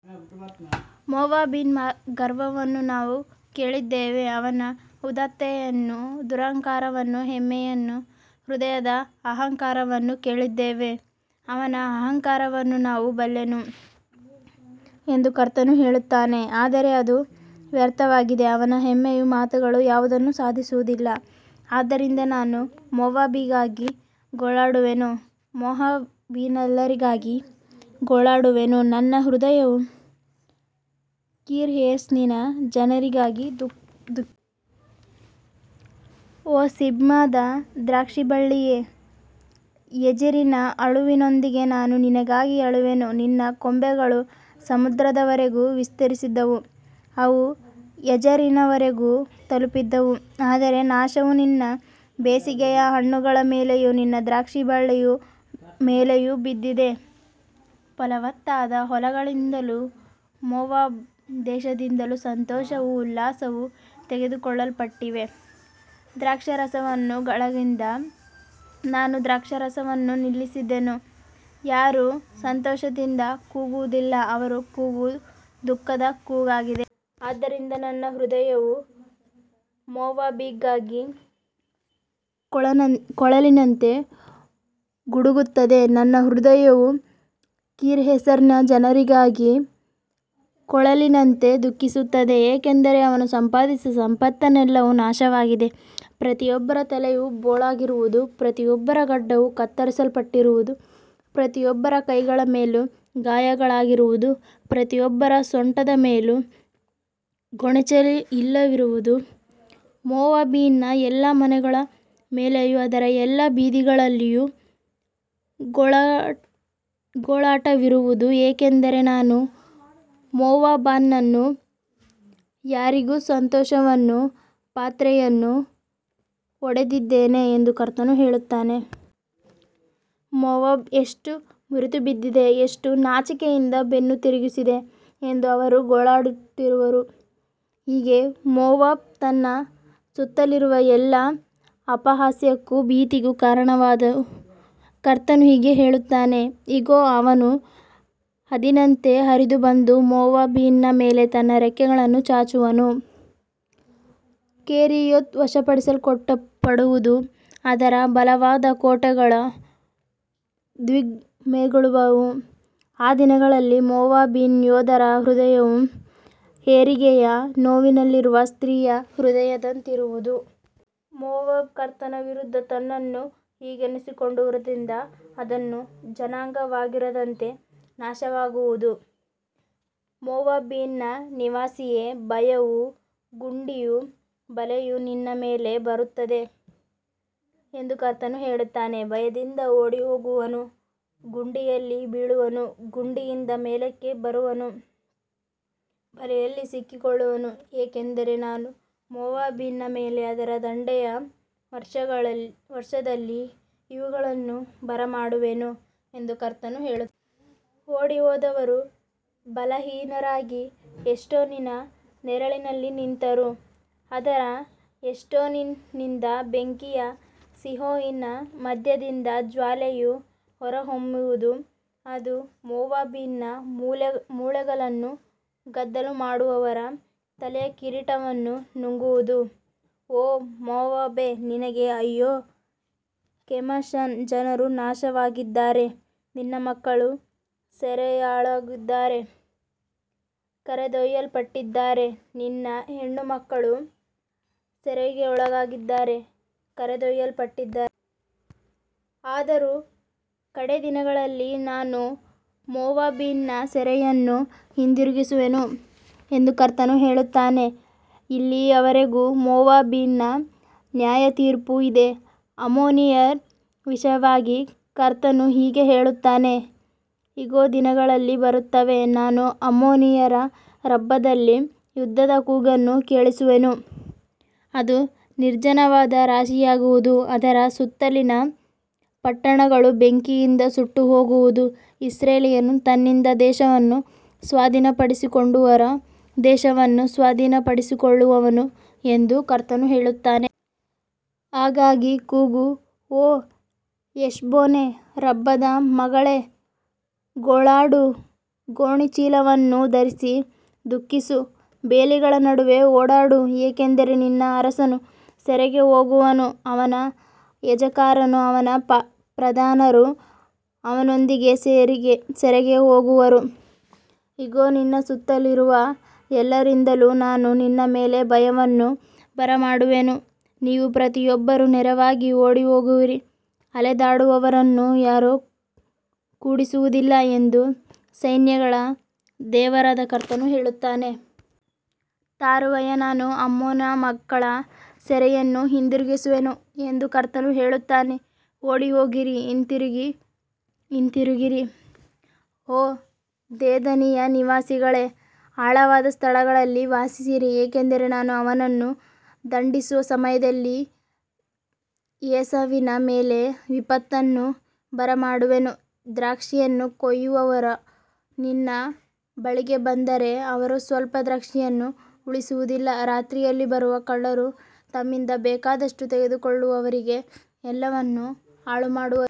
ಮೋವಾಬಿನ ಗರ್ವವನ್ನು ನಾವು ಕೇಳಿದ್ದೇವೆ, ಅವನ ಉದಾತ್ತತೆಯನ್ನೂ ದುರಹಂಕಾರವನ್ನೂ ಹೆಮ್ಮೆಯನ್ನೂ ಹೃದಯದ ಅಹಂಕಾರವನ್ನೂ ಕೇಳಿದ್ದೇವೆ. ಅವನ ಅಹಂಕಾರವನ್ನು ನಾನು ಬಲ್ಲೆನು ಎಂದು ಕರ್ತನು ಹೇಳುತ್ತಾನೆ, ಆದರೆ ಅದು ವ್ಯರ್ಥವಾಗಿದೆ, ಅವನ ಹೆಮ್ಮೆಯ ಮಾತುಗಳು ಯಾವುದನ್ನೂ ಸಾಧಿಸುವುದಿಲ್ಲ. ಆದ್ದರಿಂದ ನಾನು ಮೋವಾಬಿಗಾಗಿ ಗೋಳಾಡುವೆನು, ಮೋವಾಬಿನೆಲ್ಲರಿಗಾಗಿ ಗೋಳಾಡುವೆನು, ನನ್ನ ಹೃದಯವು ಕೀರ್‌ಹೆರೆಸಿನ ಜನರಿಗಾಗಿ ದುಃಖಿಸುವುದು. ಓ ಸಿಬ್ಮಾದ ದ್ರಾಕ್ಷಿಬಳ್ಳಿಯೇ, ಯಜೆರಿನ ಅಳುವಿನೊಂದಿಗೆ ನಾನು ನಿನಗಾಗಿ ಅಳುವೆನು, ನಿನ್ನ ಕೊಂಬೆಗಳು ಸಮುದ್ರದವರೆಗೂ ವಿಸ್ತರಿಸಿದ್ದವು, ಅವು ಯಜೆರಿನವರೆಗೂ ತಲುಪಿದ್ದವು, ಆದರೆ ನಾಶವು ನಿನ್ನ ಬೇಸಿಗೆಯ ಹಣ್ಣುಗಳ ಮೇಲೆಯೂ ನಿನ್ನ ದ್ರಾಕ್ಷಿ ಬೆಳೆಯ ಮೇಲೆಯೂ ಬಿದ್ದಿದೆ. ಫಲವತ್ತಾದ ಹೊಲಗಳಿಂದಲೂ ಮೋವಾಬ್ ದೇಶದಿಂದಲೂ ಸಂತೋಷವೂ ಉಲ್ಲಾಸವೂ ತೆಗೆದುಹಾಕಲ್ಪಟ್ಟಿವೆ, ದ್ರಾಕ್ಷಾರಸದ ಗಾಣಗಳಿಂದ ನಾನು ದ್ರಾಕ್ಷಾರಸವನ್ನು ನಿಲ್ಲಿಸಿದ್ದೇನೆ, ಯಾರೂ ಸಂತೋಷದಿಂದ ಕೂಗುವುದಿಲ್ಲ, ಅವರ ಕೂಗು ಈಗ ದುಃಖದ ಕೂಗಾಗಿದೆ. ಆದ್ದರಿಂದ ನನ್ನ ಹೃದಯವು ಮೋವಾಬಿಗಾಗಿ ಕೊಳಲಿನಂತೆ ಗೋಳಾಡುತ್ತದೆ, ನನ್ನ ಹೃದಯವು ಕೀರ್‌ಹೆರೆಸಿನ ಜನರಿಗಾಗಿ ಕೊಳಲಿನಂತೆ ದುಃಖಿಸುತ್ತದೆ, ಏಕೆಂದರೆ ಅವನು ಸಂಪಾದಿಸಿದ ಸಂಪತ್ತೆಲ್ಲವೂ ನಾಶವಾಗಿದೆ. ಪ್ರತಿಯೊಬ್ಬರ ತಲೆಯೂ ಬೋಳಾಗಿರುವುದು, ಪ್ರತಿಯೊಬ್ಬರ ಗಡ್ಡವೂ ಕತ್ತರಿಸಲ್ಪಟ್ಟಿರುವುದು, ಪ್ರತಿಯೊಬ್ಬರ ಕೈಗಳ ಮೇಲೂ ಗಾಯಗಳಿರುವುದು, ಪ್ರತಿಯೊಬ್ಬರ ಸೊಂಟದ ಮೇಲೂ ಗೋಣಿಚೀಲವಿರುವುದು. ಮೋವಾಬಿನ ಎಲ್ಲಾ ಮನೆಗಳ ಮೇಲೆಯೂ ಅದರ ಎಲ್ಲಾ ಬೀದಿಗಳಲ್ಲಿಯೂ ಗೋಳಾಟವಿರುವುದು, ಏಕೆಂದರೆ ನಾನು ಮೋವಾಬನ್ನು ಯಾರಿಗೂ ಸಂತೋಷವಿಲ್ಲದ ಪಾತ್ರೆಯಂತೆ ಒಡೆದಿದ್ದೇನೆ ಎಂದು ಕರ್ತನು ಹೇಳುತ್ತಾನೆ. ಮೋವಾಬ್ ಎಷ್ಟು ಮುರಿದುಬಿದ್ದಿದೆ, ಎಷ್ಟು ನಾಚಿಕೆಯಿಂದ ಬೆನ್ನು ತಿರುಗಿಸಿದೆ ಎಂದು ಅವರು ಗೋಳಾಡುವರು, ಹೀಗೆ ಮೋವಾಬ್ ತನ್ನ ಸುತ್ತಲಿರುವ ಎಲ್ಲರಿಗೂ ಅಪಹಾಸ್ಯಕ್ಕೂ ಭೀತಿಗೂ ಕಾರಣವಾಗುವುದು. ಕರ್ತನು ಹೀಗೆ ಹೇಳುತ್ತಾನೆ, ಇಗೋ, ಅವನು ಹದ್ದಿನಂತೆ ಹಾರಿಬಂದು ಮೋವಾಬಿನ ಮೇಲೆ ತನ್ನ ರೆಕ್ಕೆಗಳನ್ನು ಚಾಚುವನು, ಕೆರಿಯೋತ್ ವಶಪಡಿಸಿಕೊಳ್ಳಲ್ಪಡುವುದು, ಅದರ ಬಲವಾದ ಕೋಟೆಗಳು ದಿಗ್ಭ್ರಮೆಗೊಳ್ಳುವವು, ಆ ದಿನದಲ್ಲಿ ಮೋವಾಬಿನ ಯೋಧರ ಹೃದಯವು ಹೆರಿಗೆಯ ನೋವಿನಲ್ಲಿರುವ ಸ್ತ್ರೀಯ ಹೃದಯದಂತಿರುವುದು. ಮೋವಾಬ್ ಕರ್ತನ ವಿರುದ್ಧ ತನ್ನನ್ನು ಹಿಗ್ಗಿಸಿಕೊಂಡಿರುವುದರಿಂದ ಅದು ಜನಾಂಗವಾಗಿರದಂತೆ ನಾಶವಾಗುವುದು. ಮೋವಾಬಿನ ನಿವಾಸಿಯೇ, ಭಯವೂ ಗುಂಡಿಯೂ ಬಲೆಯೂ ನಿನ್ನ ಮೇಲೆ ಬರುತ್ತವೆ ಎಂದು ಕರ್ತನು ಹೇಳುತ್ತಾನೆ. ಭಯದಿಂದ ಓಡಿಹೋಗುವವನು ಗುಂಡಿಯಲ್ಲಿ ಬೀಳುವನು, ಗುಂಡಿಯಿಂದ ಮೇಲಕ್ಕೆ ಬರುವವನು ಬಲೆಯಲ್ಲಿ ಸಿಕ್ಕಿಕೊಳ್ಳುವನು, ಏಕೆಂದರೆ ನಾನು ಮೋವಾಬಿನ ಮೇಲೆ ಅದರ ದಂಡನೆಯ ವರ್ಷದಲ್ಲಿ ಇವುಗಳನ್ನು ಬರಮಾಡುವೆನು ಎಂದು ಕರ್ತನು ಹೇಳುತ್ತಾನೆ. ಓಡಿಹೋದವರು ಬಲಹೀನರಾಗಿ ಹೆಷ್ಬೋನಿನ ನೆರಳಿನಲ್ಲಿ ನಿಂತರು, ಆದರೆ ಹೆಷ್ಬೋನಿನಿಂದ ಬೆಂಕಿಯೂ ಸೀಹೋನಿನ ಮಧ್ಯದಿಂದ ಜ್ವಾಲೆಯೂ ಹೊರಹೊಮ್ಮುವುದು, ಅದು ಮೋವಾಬಿನ ಮೂಲೆಗಳನ್ನೂ ಗದ್ದಲಮಾಡುವವರ ತಲೆಯ ಕಿರೀಟವನ್ನೂ ನುಂಗುವುದು. ಓ ಮೋವಾಬೇ, ನಿನಗೆ ಅಯ್ಯೋ, ಕೆಮೋಷನ ಜನರು ನಾಶವಾಗಿದ್ದಾರೆ, ನಿನ್ನ ಮಕ್ಕಳು ಸೆರೆಯಾಳುಗಳಾಗಿ ಕರೆದೊಯ್ಯಲ್ಪಟ್ಟಿದ್ದಾರೆ, ನಿನ್ನ ಹೆಣ್ಣುಮಕ್ಕಳೂ ಸೆರೆಯಾಳುಗಳಾಗಿ ಕರೆದೊಯ್ಯಲ್ಪಟ್ಟಿದ್ದಾರೆ. ಆದರೂ ಕಡೇ ದಿನಗಳಲ್ಲಿ ನಾನು ಮೋವಾಬಿನ ಸೆರೆಯನ್ನು ಹಿಂದಿರುಗಿಸುವೆನು ಎಂದು ಕರ್ತನು ಹೇಳುತ್ತಾನೆ. ಇಲ್ಲಿಯವರೆಗೆ ಮೋವಾಬಿನ ನ್ಯಾಯತೀರ್ಪು ಇದೆ. ಅಮ್ಮೋನಿಯರ ವಿಷಯವಾಗಿ ಕರ್ತನು ಹೀಗೆ ಹೇಳುತ್ತಾನೆ, ಇಗೋ, ದಿನಗಳು ಬರುತ್ತವೆ, ನಾನು ಅಮ್ಮೋನಿಯರ ರಬ್ಬಾದಲ್ಲಿ ಯುದ್ಧದ ಕೂಗನ್ನು ಕೇಳಿಸುವೆನು, ಅದು ನಿರ್ಜನವಾದ ರಾಶಿಯಾಗುವುದು, ಅದರ ಸುತ್ತಲಿನ ಪಟ್ಟಣಗಳು ಬೆಂಕಿಯಿಂದ ಸುಟ್ಟುಹೋಗುವವು, ಇಸ್ರಾಯೇಲನು ತನ್ನಿಂದ ದೇಶವನ್ನು ಸ್ವಾಧೀನಪಡಿಸಿಕೊಂಡವರ ದೇಶವನ್ನು ಸ್ವಾಧೀನಪಡಿಸಿಕೊಳ್ಳುವನು ಎಂದು ಕರ್ತನು ಹೇಳುತ್ತಾನೆ. ಆಯಿಗಾಗಿ ಕೂಗು, ಓ ಹೆಷ್ಬೋನೇ, ರಬ್ಬಾದ ಮಗಳೇ, ಗೋಳಾಡು, ಗೋಣಿಚೀಲವನ್ನು ಧರಿಸಿ ದುಃಖಿಸು, ಬೇಲಿಗಳ ನಡುವೆ ಓಡಾಡು, ಏಕೆಂದರೆ ನಿನ್ನ ಅರಸನು ಸೆರೆಗೆ ಹೋಗುವನು, ಅವನ ಯಾಜಕರೂ ಅವನ ಪ್ರಧಾನರೂ ಅವನೊಂದಿಗೆ ಸೆರೆಗೆ ಹೋಗುವರು. ಇಗೋ, ನಿನ್ನ ಸುತ್ತಲಿರುವ ಎಲ್ಲರಿಂದಲೂ ನಾನು ನಿನ್ನ ಮೇಲೆ ಭಯವನ್ನು ಬರಮಾಡುವೆನು, ನೀವು ಪ್ರತಿಯೊಬ್ಬರೂ ನೇರವಾಗಿ ಓಡಿಹೋಗುವಿರಿ, ಅಲೆದಾಡುವವರನ್ನು ಯಾರೂ ಕೂಡಿಸುವುದಿಲ್ಲ ಎಂದು ಸೈನ್ಯಗಳ ದೇವರಾದ ಕರ್ತನು ಹೇಳುತ್ತಾನೆ. ತರುವಾಯ ನಾನು ಅಮ್ಮೋನನ ಮಕ್ಕಳ ಸೆರೆಯನ್ನು ಹಿಂದಿರುಗಿಸುವೆನು ಎಂದು ಕರ್ತನು ಹೇಳುತ್ತಾನೆ. ಓಡಿಹೋಗಿರಿ, ಹಿಂತಿರುಗಿರಿ, ಓ ದೇದಾನಿನ ನಿವಾಸಿಗಳೇ, ಆಳವಾದ ಸ್ಥಳಗಳಲ್ಲಿ ವಾಸಿಸಿರಿ, ಏಕೆಂದರೆ ನಾನು ಅವನನ್ನು ದಂಡಿಸುವ ಸಮಯದಲ್ಲಿ ಏಸಾವಿನ ಮೇಲೆ ವಿಪತ್ತನ್ನು ಬರಮಾಡುವೆನು. ದ್ರಾಕ್ಷಿಯನ್ನು ಕೊಯ್ಯುವವರು ನಿನ್ನ ಬಳಿಗೆ ಬಂದರೆ, ಅವರು ಸ್ವಲ್ಪ ದ್ರಾಕ್ಷಿಯನ್ನೂ ಉಳಿಸುವುದಿಲ್ಲ, ರಾತ್ರಿಯಲ್ಲಿ ಬರುವ ಕಳ್ಳರು ತಮ್ಮಿಗೆ ಬೇಕಾದಷ್ಟು ತೆಗೆದುಕೊಳ್ಳುವವರೆಗೆ ಎಲ್ಲವನ್ನೂ ಹಾಳುಮಾಡುವರು.